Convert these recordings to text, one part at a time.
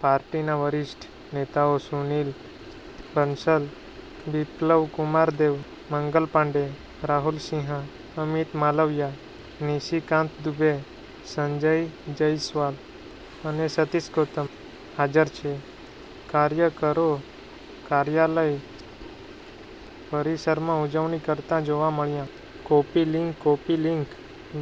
પાર્ટીના વરિષ્ઠ નેતાઓ સુનીલ બંસલ, બિપ્લવ કુમાર દેવ, મંગલ પાંડે, રાહુલ સિંહા, અમિત માલવિયા, નિશિકાંત દુબે, સંજય જયસ્વાલ અને સતીશ ગૌતમ હાજર છે. કાર્યકરો કાર્યાલય પરિસરમાં ઉજવણી કરતા જોવા મળ્યા. કૉપી લિંક કૉપી લિંક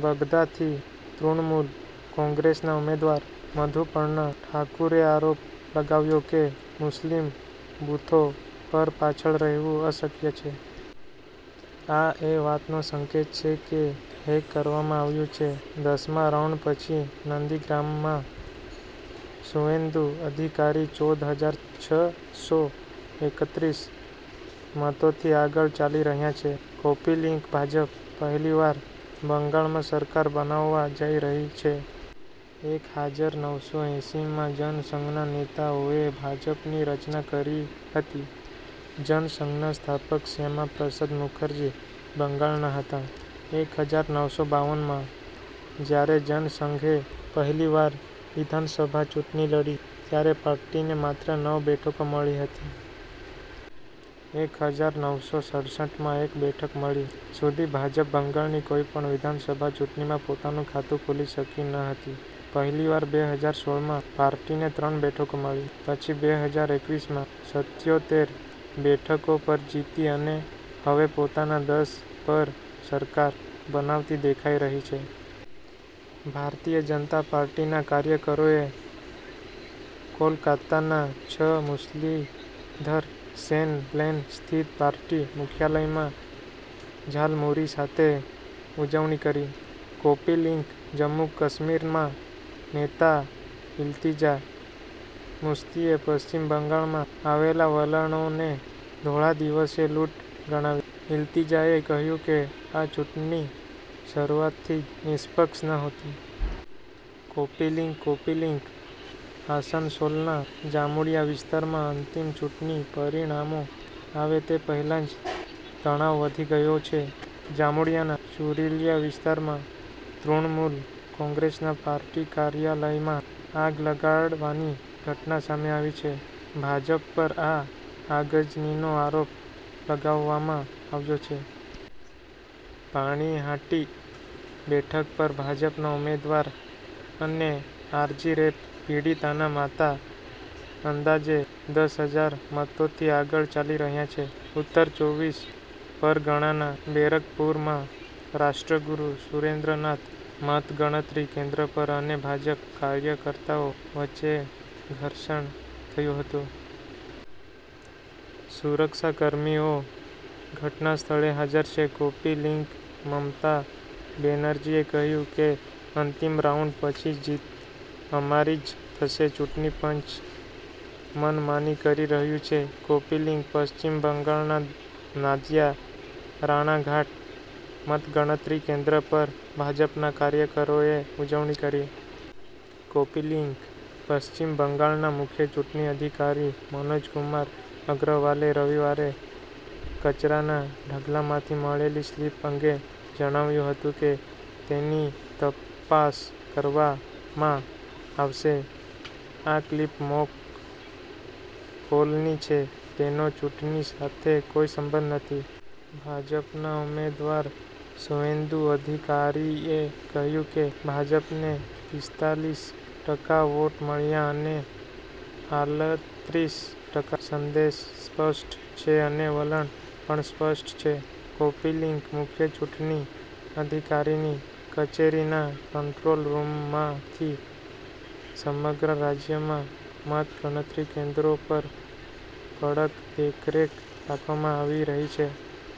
બગદાથી તૃણમૂલ કોંગ્રેસના ઉમેદવાર મધુપર્ણા ઠાકુરે આરોપ લગાવ્યો કે મુસ્લિમ બૂથો પર પાછળ રહેવું અશક્ય છે. આ એ વાતનો સંકેત છે કે હેક કરવામાં આવ્યું છે. દસ મા રાઉન્ડ પછી નંદીગ્રામમાં સુવેન્દુ અધિકારી ચૌદ હજાર છ સો એકત્રીસ મતોથી આગળ ચાલી રહ્યા છે. કૉપી લિંક ભાજપ પહેલીવાર બંગાળમાં સરકાર બનાવવા જઈ રહી છે. એક હાજર નવસો એંસી માં જનસંઘના નેતાઓએ ભાજપની રચના કરી હતી. જનસંઘના સ્થાપક શ્યામા પ્રસાદ મુખર્જી બંગાળના હતા. એક હજાર નવસો બાવન માં જ્યારે જનસંઘે પહેલીવાર વિધાનસભા ચૂંટણી લડી ત્યારે પાર્ટીને માત્ર નવ બેઠકો મળી હતી. એક હજાર નવસો સડસઠ માં એક બેઠક મળી. સુધી ભાજપ બંગાળની કોઈપણ વિધાનસભા ચૂંટણીમાં પોતાનું ખાતું ખોલી શકી ન હતી. પહેલીવાર બે હજાર સોળમાં પાર્ટીને ત્રણ બેઠકો મળી. પછી બે હજાર એકવીસમાં સત્યોતેર બેઠકો પર જીતી અને હવે પોતાના દમ પર સરકાર બનાવતી દેખાઈ રહી છે. ભારતીય જનતા પાર્ટીના કાર્યકરોએ કોલકાતાના છ મુરલીધર સેન લેન સ્થિત પાર્ટી મુખ્યાલયમાં ઝાલમુરી સાથે ઉજવણી કરી. કૉપી લિંક જમ્મુ-કાશ્મીરમાં નેતા ઇલ્તિજા મુફ્તીએ પશ્ચિમ બંગાળમાં આવેલા વલણોને ધોળા દિવસે લૂંટ ગણાવી. ઇલ્તિજાએ કહ્યું કે આ ચૂંટણી શરૂઆતથી જ નિષ્પક્ષ નહોતી. કૉપી લિંક કૉપી લિંક આસનસોલના જામુડિયા વિસ્તારમાં અંતિમ ચૂંટણી પરિણામો આવે તે પહેલાં જ તણાવ વધી ગયો છે. જામુડિયાના ચુરુલિયા વિસ્તારમાં તૃણમૂલ કોંગ્રેસના પાર્ટી કાર્યાલયમાં આગ લગાડવાની ઘટના સામે આવી છે. ભાજપ પર આ આગજનીનો આરોપ લગાવવામાં આવ્યો છે. પાણીહાટી બેઠક પર ભાજપના ઉમેદવાર અને આર. જી. રેપ પીડિતાના માતા અંદાજે દસ હજાર મતોથી આગળ ચાલી રહ્યા છે. ઉત્તર ચોવીસ પરગણાના બેરકપુરમાં રાષ્ટ્રગુરુ સુરેન્દ્રનાથ મતગણતરી કેન્દ્ર પર અને ભાજપ કાર્યકર્તાઓ વચ્ચે ઘર્ષણ થયું હતું. સુરક્ષાકર્મીઓ ઘટનાસ્થળે હાજર છે. કૉપી લિંક મમતા બેનર્જીએ કહ્યું કે અંતિમ રાઉન્ડ પછી જીત અમારી જ થશે. ચૂંટણી પંચ મનમાની કરી રહ્યું છે. કૉપી લિંક પશ્ચિમ બંગાળના નાદિયા રાણાઘાટ મતગણતરી કેન્દ્ર પર ભાજપના કાર્યકરોએ ઉજવણી કરી. કૉપી લિંક પશ્ચિમ બંગાળના મુખ્ય ચૂંટણી અધિકારી મનોજ કુમાર અગ્રવાલે રવિવારે કચરાના ઢગલામાંથી મળેલી સ્લિપ અંગે જણાવ્યું હતું કે, તેની તપાસ કરવામાં આવશે. આ સ્લિપ મોક પોલની છે. તેનો ચૂંટણી સાથે કોઈ સંબંધ નથી. ભાજપના ઉમેદવાર સુવેન્દુ અધિકારીએ કહ્યું કે, ભાજપને પિસ્તાલીસ ટકા વોટ મળ્યા અને આલત્રીસ ટકા, સંદેશ સ્પષ્ટ છે અને વલણ પણ સ્પષ્ટ છે. કૉપી લિંક મુખ્ય ચૂંટણી અધિકારીની કચેરીના કંટ્રોલ રૂમમાંથી સમગ્ર રાજ્યમાં મતગણતરી કેન્દ્રો પર કડક દેખરેખ રાખવામાં આવી રહી છે.